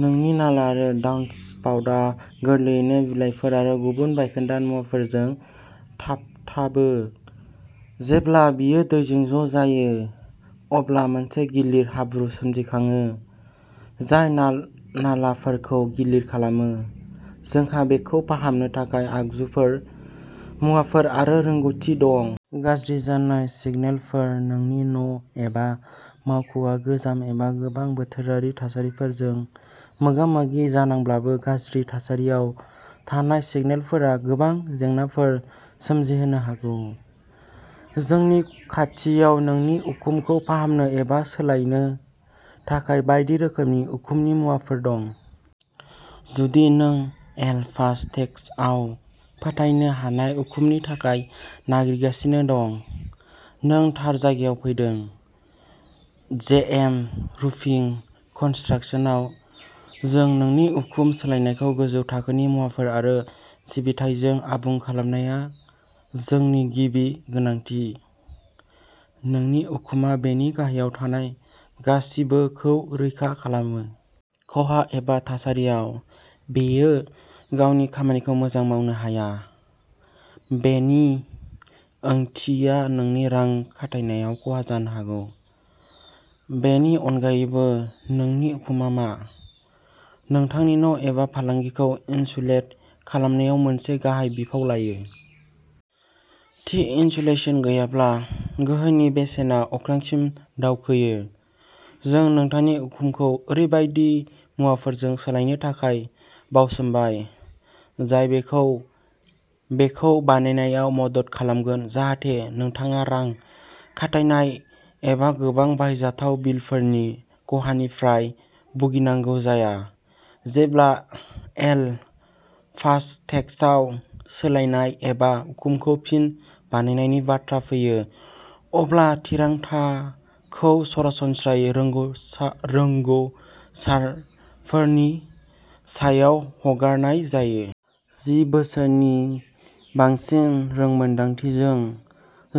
नोंनि नाला आरो डाउनस्पाउटआ गोरलैयैनो बिलाइफोर आरो गुबुन बायखोन्दा मुवाफोरजों थाबथाबो। जेब्ला बेयो दैजों ज' जायो, अब्ला मोनसे गिलिर हाब्रु सोमजिखाङो, जाय नालाफोरखौ गिलिर खालामो। जोंहा बेखौ फाहामनो थाखाय आगजुफोर, मुवाफोर आरो रोंग'थि दं। गाज्रि जानाय सिनगलफोर नोंनि न' एबा मावख'आ गोजाम एबा गोबां बोथोरारि थासारिफोरजों मोगा-मोगि जानांब्लाबो गाज्रि थासारियाव थानाय सिनगलफोरा गोबां जेंनाफोर सोमजिहोनो हागौ। जोंनि खाथियाव नोंनि उखुमखौ फाहामनो एबा सोलायनो थाखाय बायदि रोखोमनि उखुमनि मुवाफोर दं। जुदि नों एल पास टेक्सासआव फोथायनो हानाय उखुमनि थाखाय नागिरगासिनो दं। नों थार जायगायाव फैदों। जेएम रुफिं कन्सट्रक्सनआव जों नोंनि उखुम सोलायनायखौ गोजौ थाखोनि मुवाफोर आरो सिबिथाइजों आबुं खालामनाया जोंनि गिबि गोनांथि। नोंनि उखुमआ बेनि गाहायाव थानाय गासिबोखौ रैखा खालामो। खहा एबा बोथोरारि थासारियाव, बेयो गावनि खामानिखौ मोजाङै मावनो हाया। बेनि ओंथिया नोंनि रां खाथायनायाव खहा जानो हागौ। बेनि अनगायैबो नोंनि उखुमआ मा? नोंथांनि न' एबा फालांगिखौ इनसुलेट खालामनायाव मोनसे गाहाय बिफाव लायो। थि इनसुलेशन गैयाब्ला, गोहोनि बेसेना अख्रांसिम दावखोयो। जों नोंथांनि उखुमखौ ओरैबायदि मुवाफोरजों सोलायनो थाखाय बाउसोमबाय, जाय बेखौ बेखौ बानायनायाव मदद खालामगोन जाहाथे नोंथाङा रां खाथायनाय एबा गोबां बाहायजाथाव बिलफोरनि खहानिफ्राय भुगिनांगौ जाया। जेब्ला एल पास'टेक्सासआव सोलायनाय एबा उखुमखौ फिन बानायनायनि बाथ्रा फैयो, अब्ला थिरांथाखौ सरासनस्रायै रोंगोसा रोंग'सारफोरनि सायाव हगारनाय जायो। जि बोसोरनि बांसिन रोंमोन्दांथिजों,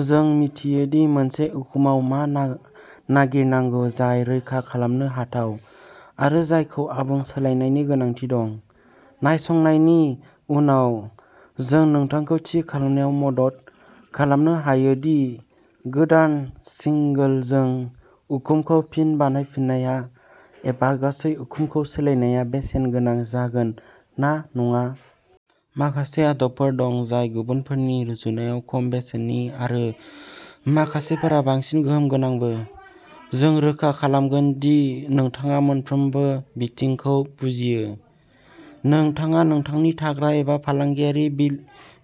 जों मिथियो दि मोनसे उखुमआव मा ना-नागिरनांगौ जाय रैखा खालामनो हाथाव आरो जायखौ आबुं सोलायनायनि गोनांथि दं। नायसंनायनि उनाव, जों नोंथांखौ थि खालामनायाव मदद खालामनो हायो दि गोदान सिंगोलजों उखुमखौ फिन बानायफिननाया एबा गासै उखुमखौ सोलायनाया बेसेन गोनां जागोन ना नङा। माखासे आदबफोर दं जाय गुबुनफोरनि रुजुनायाव खम बेसेननि आरो माखासेफोरा बांसिन गोहोम गोनांबो। जों रोखा खालामगोन दि नोंथाङा मोनफ्रोमबो बिथिंखौ बुजियो। नोंथाङा नोंथांनि थाग्रा एबा फालांगियारि बिल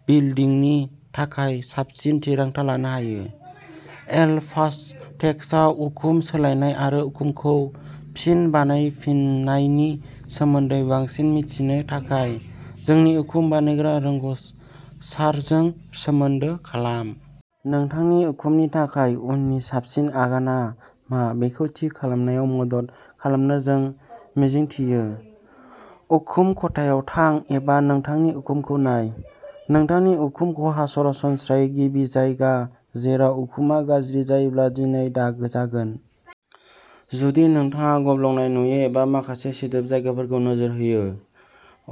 बिलदिंनि थाखाय साबसिन थिरांथा लानो हायो। एल पास'टेक्सासआव उखुम सोलायनाय आरो उखुमखौ फिन बानायफिन्नायनि सोमोन्दै बांसिन मिथिनो थाखाय, जोंनि उखुम बानायग्रा रोंग'सारजों सोमोन्दो खालाम। नोंथांनि उखुमनि थाखाय उननि साबसिन आगानआ मा बेखौ थि खालामनायाव मदद खालामनो जों मिजिंथियो। उखुम खथायाव थां एबा नोंथांनि उखुमखौ नाय। नोंथांनि उखुम ख'हा सरासनस्रायै गिबि जायगा जेराव उखुमआ गाज्रि जायोब्ला दैनि दागो जागोन। जुदि नोंथाङा गब्लंनाय नुयो एबा माखासे सिदोब जायगाफोरखौ नोजोर होयो,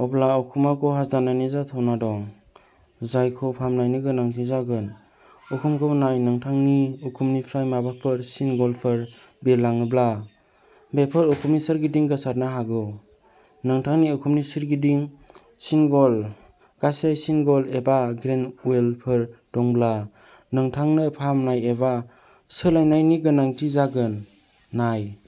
अब्ला उखुमाव खहा जानायनि जाथावना दं। जायखौ फाहामनायनि गोनांथि जागोन। उखुमखौ नाय नोंथांनि उखुमनिफ्राय माबाफोर सिनगलफोर बिरलाङोब्ला, बेफोर उखुमनि सोरगिदिं गोसारनो हागौ। नोंथांनि उखुमनि सोरगिदिं सिनगल, गासै सिनगल एबा ग्रेनयुलफोर दंब्ला, नोंथांनो फाहामनाय एबा सोलायनायनि गोनांथि जागोन। नाय।